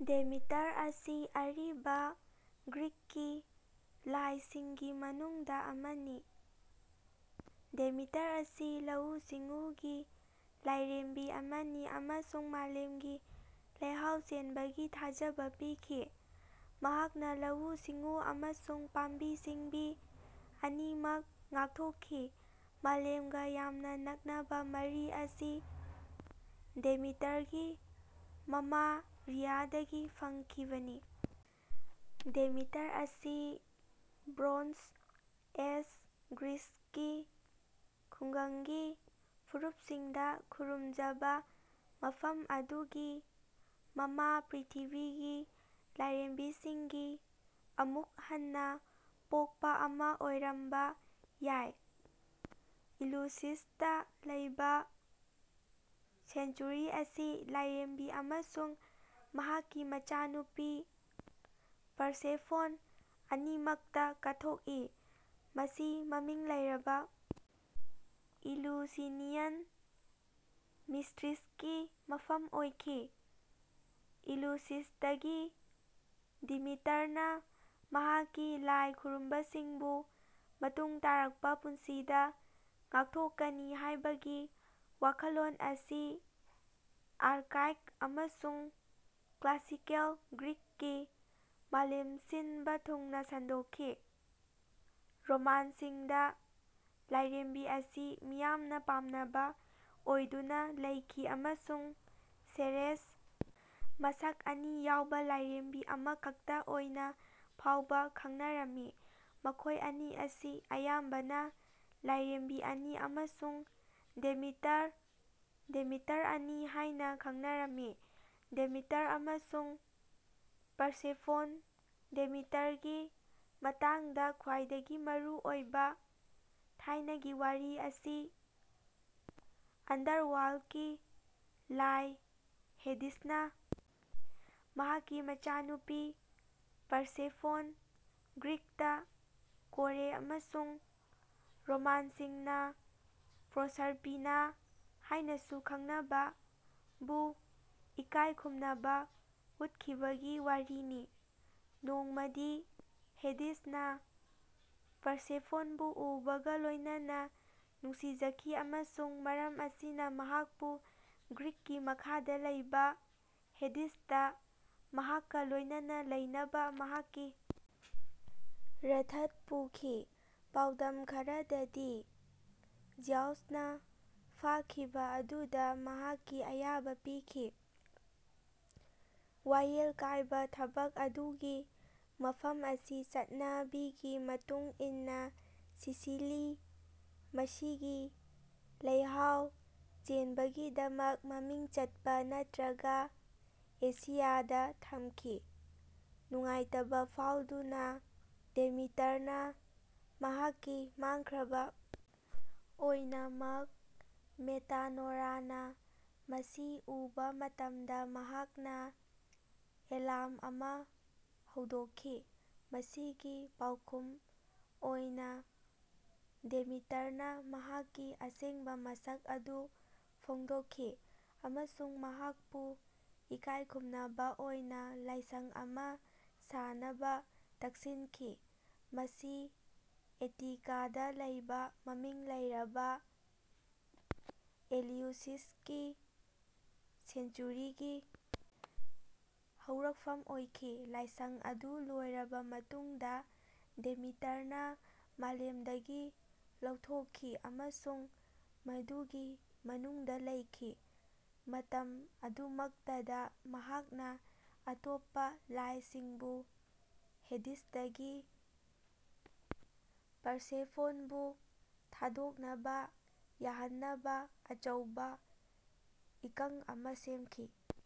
Demeter ꯑꯁꯤ ꯑꯔꯤꯕ ꯒ꯭ꯔꯤꯛꯀꯤ ꯂꯥꯏꯁꯤꯡꯒꯤ ꯃꯅꯨꯡꯗ ꯑꯃꯅꯤ꯫ ꯗꯦꯃꯤꯇꯔ ꯑꯁꯤ ꯂꯧꯎ-ꯁꯤꯡꯎꯒꯤ ꯂꯥꯏꯔꯦꯝꯕꯤ ꯑꯃꯅꯤ ꯑꯃꯁꯨꯡ ꯃꯥꯂꯦꯝꯒꯤ ꯂꯩꯍꯥꯎ ꯆꯦꯟꯕꯒꯤ ꯊꯥꯖꯕ ꯄꯤꯈꯤ꯫ ꯃꯍꯥꯛꯅ ꯂꯧꯎ-ꯁꯤꯡꯎ ꯑꯃꯁꯨꯡ ꯄꯥꯝꯕꯤ-ꯁꯤꯡꯕꯤ ꯑꯅꯤꯃꯛ ꯉꯥꯛꯊꯣꯛꯈꯤ꯫ ꯃꯥꯂꯦꯝꯒ ꯌꯥꯝꯅ ꯅꯛꯅꯕ ꯃꯔꯤ ꯑꯁꯤ ꯗꯦꯃꯤꯇꯔꯒꯤ ꯃꯃꯥ ꯔꯤꯌꯥꯗꯒꯤ ꯐꯪꯈꯤꯕꯅꯤ꯫ ꯗꯦꯃꯤꯇꯔ ꯑꯁꯤ ꯕ꯭ꯔꯣꯟꯖ ꯑꯦꯖ ꯒ꯭ꯔꯤꯁꯀꯤ ꯈꯨꯡꯒꯪꯒꯤ ꯐꯨꯔꯨꯞꯁꯤꯡꯗ ꯈꯨꯔꯨꯝꯖꯕ ꯃꯐꯝ ꯑꯗꯨꯒꯤ ꯃꯃꯥ ꯄ꯭ꯔꯤꯊꯤꯕꯤꯒꯤ ꯂꯥꯏꯔꯦꯝꯕꯤꯁꯤꯡꯒꯤ ꯑꯃꯨꯛ ꯍꯟꯅ ꯄꯣꯛꯄ ꯑꯃ ꯑꯣꯏꯔꯝꯕ ꯌꯥꯏ꯫ ꯏꯂꯨꯁꯤꯁꯇ ꯂꯩꯕ ꯁꯦꯟꯆꯨꯔꯤ ꯑꯁꯤ ꯂꯥꯏꯔꯦꯝꯕꯤ ꯑꯃꯁꯨꯡ ꯃꯍꯥꯛꯀꯤ ꯃꯆꯥꯅꯨꯄꯤ ꯄꯔꯁꯦꯐꯣꯟ ꯑꯅꯤꯃꯛꯇ ꯀꯠꯊꯣꯛꯏ꯫ ꯃꯁꯤ ꯃꯃꯤꯡ ꯂꯩꯔꯕ ꯏꯂꯨꯁꯤꯅꯤꯌꯟ ꯃꯤꯁꯇ꯭ꯔꯤꯁꯀꯤ ꯃꯐꯝ ꯑꯣꯏꯈꯤ꯫ ꯏꯂꯨꯁꯤꯁꯇꯒꯤ ꯗꯤꯃꯤꯇꯔꯅ ꯃꯍꯥꯛꯀꯤ ꯂꯥꯏ ꯈꯨꯔꯨꯝꯕꯁꯤꯡꯕꯨ ꯃꯇꯨꯡ ꯇꯥꯔꯛꯄ ꯄꯨꯟꯁꯤꯗ ꯉꯥꯛꯊꯣꯛꯀꯅꯤ ꯍꯥꯏꯕꯒꯤ ꯋꯥꯈꯜꯂꯣꯟ ꯑꯁꯤ ꯑꯥꯔꯀꯥꯏꯛ ꯑꯃꯁꯨꯡ ꯀ꯭ꯂꯥꯁꯤꯀꯦꯜ ꯒ꯭ꯔꯤꯛꯀꯤ ꯃꯥꯂꯦꯝ ꯁꯤꯟꯕ ꯊꯨꯡꯅ ꯁꯟꯗꯣꯛꯈꯤ꯫ ꯔꯣꯃꯥꯟꯁꯤꯡꯗ, ꯂꯥꯏꯔꯦꯝꯕꯤ ꯑꯁꯤ ꯃꯤꯌꯥꯝꯅ ꯄꯥꯝꯅꯕ ꯑꯣꯏꯗꯨꯅ ꯂꯩꯈꯤ ꯑꯃꯁꯨꯡ ꯁꯦꯔꯦꯁ ꯃꯁꯛ ꯑꯅꯤ ꯌꯥꯎꯕ ꯂꯥꯏꯔꯦꯝꯕꯤ ꯑꯃꯈꯛꯇ ꯑꯣꯏꯅ ꯐꯥꯎꯕ ꯈꯪꯅꯔꯝꯃꯤ꯫ ꯃꯈꯣꯏ ꯑꯅꯤ ꯑꯁꯤ ꯑꯌꯥꯝꯕꯅ 'ꯂꯥꯏꯔꯦꯝꯕꯤ ꯑꯅꯤ' ꯑꯃꯁꯨꯡ ꯗꯦꯃꯤꯇꯔ (ꯗꯦꯃꯤꯇꯔ ꯑꯅꯤ) ꯍꯥꯏꯅ ꯈꯪꯅꯔꯝꯃꯤ꯫ ꯗꯦꯃꯤꯇꯔ ꯑꯃꯁꯨꯡ ꯄꯔꯁꯦꯐꯣꯟ ꯗꯦꯃꯤꯇꯔꯒꯤ ꯃꯇꯥꯡꯗ ꯈ꯭ꯋꯥꯏꯗꯒꯤ ꯃꯔꯨꯑꯣꯏꯕ ꯊꯥꯏꯅꯒꯤ ꯋꯥꯔꯤ ꯑꯁꯤ ꯑꯟꯗꯔꯋꯥꯔꯜꯀꯤ ꯂꯥꯏ ꯍꯦꯗꯤꯁꯅ ꯃꯍꯥꯛꯀꯤ ꯃꯆꯥꯅꯨꯄꯤ ꯄꯔꯁꯦꯐꯣꯟ (ꯒ꯭ꯔꯤꯛꯇ ꯀꯣꯔꯦ ꯑꯃꯁꯨꯡ ꯔꯣꯃꯥꯟꯁꯤꯡꯅ ꯄ꯭ꯔꯣꯁꯔꯄꯤꯅꯥ ꯍꯥꯏꯅꯁꯨ ꯈꯪꯅꯕ) ꯕꯨ ꯏꯀꯥꯏ ꯈꯨꯝꯅꯕ ꯎꯠꯈꯤꯕꯒꯤ ꯋꯥꯔꯤꯅꯤ꯫ ꯅꯣꯡꯃꯗꯤ ꯍꯦꯗꯤꯁꯅ ꯄꯔꯁꯦꯐꯣꯟꯕꯨ ꯎꯕꯒ ꯂꯣꯏꯅꯅ ꯅꯨꯡꯁꯤꯖꯈꯤ ꯑꯃꯁꯨꯡ ꯃꯔꯝ ꯑꯁꯤꯅ ꯃꯍꯥꯛꯄꯨ ꯒ꯭ꯔꯤꯛꯀꯤ ꯃꯈꯥꯗ ꯂꯩꯕ ꯍꯦꯗꯤꯁꯇ ꯃꯍꯥꯛꯀ ꯂꯣꯏꯅꯅ ꯂꯩꯅꯕ ꯃꯍꯥꯛꯀꯤ ꯔꯊꯠ ꯄꯨꯈꯤ꯫ ꯄꯥꯎꯗꯝ ꯈꯔꯗꯗꯤ, ꯖꯤꯎꯁꯅ ꯐꯥꯈꯤꯕ ꯑꯗꯨꯗ ꯃꯍꯥꯛꯀꯤ ꯑꯌꯥꯕ ꯄꯤꯈꯤ, ꯋꯥꯌꯦꯜ ꯀꯥꯏꯕ ꯊꯕꯛ ꯑꯗꯨꯒꯤ ꯃꯐꯝ ꯑꯁꯤ ꯆꯠꯅꯕꯤꯒꯤ ꯃꯇꯨꯡ ꯏꯟꯅ ꯁꯤꯁꯤꯂꯤ (ꯃꯁꯤꯒꯤ ꯂꯩꯍꯥꯎ ꯆꯦꯟꯕꯒꯤꯗꯃꯛ ꯃꯃꯤꯡ ꯆꯠꯄ) ꯅꯠꯇ꯭ꯔꯒ ꯑꯦꯁꯤꯌꯥꯗ ꯊꯝꯈꯤ꯫ ꯅꯨꯡꯉꯥꯏꯇꯕ ꯐꯥꯎꯗꯨꯅ, ꯗꯦꯃꯤꯇꯔꯅ ꯃꯍꯥꯛꯀꯤ ꯃꯥꯡꯈ꯭ꯔꯕ ꯑꯣꯏꯅꯃꯛ, ꯃꯦꯇꯥꯅꯦꯔꯥꯅ ꯃꯁꯤ ꯎꯕ ꯃꯇꯝꯗ ꯃꯍꯥꯛꯅ ꯑꯦꯂꯥꯔꯝ ꯑꯃ ꯍꯧꯗꯣꯛꯈꯤ꯫ ꯃꯁꯤꯒꯤ ꯄꯥꯎꯈꯨꯝ ꯑꯣꯏꯅ ꯗꯦꯃꯤꯇꯔꯅ ꯃꯍꯥꯛꯀꯤ ꯑꯁꯦꯡꯕ ꯃꯁꯛ ꯑꯗꯨ ꯐꯣꯡꯗꯣꯛꯈꯤ ꯑꯃꯁꯨꯡ ꯃꯍꯥꯛꯄꯨ ꯏꯀꯥꯏꯈꯨꯝꯅꯕ ꯑꯣꯏꯅ ꯂꯥꯏꯁꯪ ꯑꯃ ꯁꯥꯅꯕ ꯇꯛꯁꯤꯟꯈꯤ꯫ ꯃꯁꯤ ꯑꯦꯇꯤꯀꯥꯗ ꯂꯩꯕ ꯃꯃꯤꯡ ꯂꯩꯔꯕ ꯑꯦꯂꯤꯎꯁꯤꯁꯀꯤ ꯁꯦꯟꯆꯨꯔꯤꯒꯤ ꯍꯧꯔꯛꯐꯝ ꯑꯣꯏꯈꯤ꯫ ꯂꯥꯏꯁꯪ ꯑꯗꯨ ꯂꯣꯏꯔꯕ ꯃꯇꯨꯡꯗ, ꯗꯦꯃꯤꯇꯔꯅ ꯃꯥꯂꯦꯝꯗꯒꯤ ꯂꯧꯊꯣꯛꯈꯤ ꯑꯃꯁꯨꯡ ꯃꯗꯨꯒꯤ ꯃꯅꯨꯡꯗ ꯂꯩꯈꯤ; ꯃꯇꯝ ꯑꯗꯨꯃꯛꯇꯗ ꯃꯍꯥꯛꯅ ꯑꯇꯣꯞꯄ ꯂꯥꯏꯁꯤꯡꯕꯨ ꯍꯦꯗꯤꯁꯇꯒꯤ ꯄꯔꯁꯦꯐꯣꯟꯕꯨ ꯊꯥꯗꯣꯛꯅꯕ ꯌꯥꯍꯟꯅꯕ ꯑꯆꯧꯕ ꯏꯀꯪ ꯑꯃ ꯁꯦꯝꯈꯤ꯫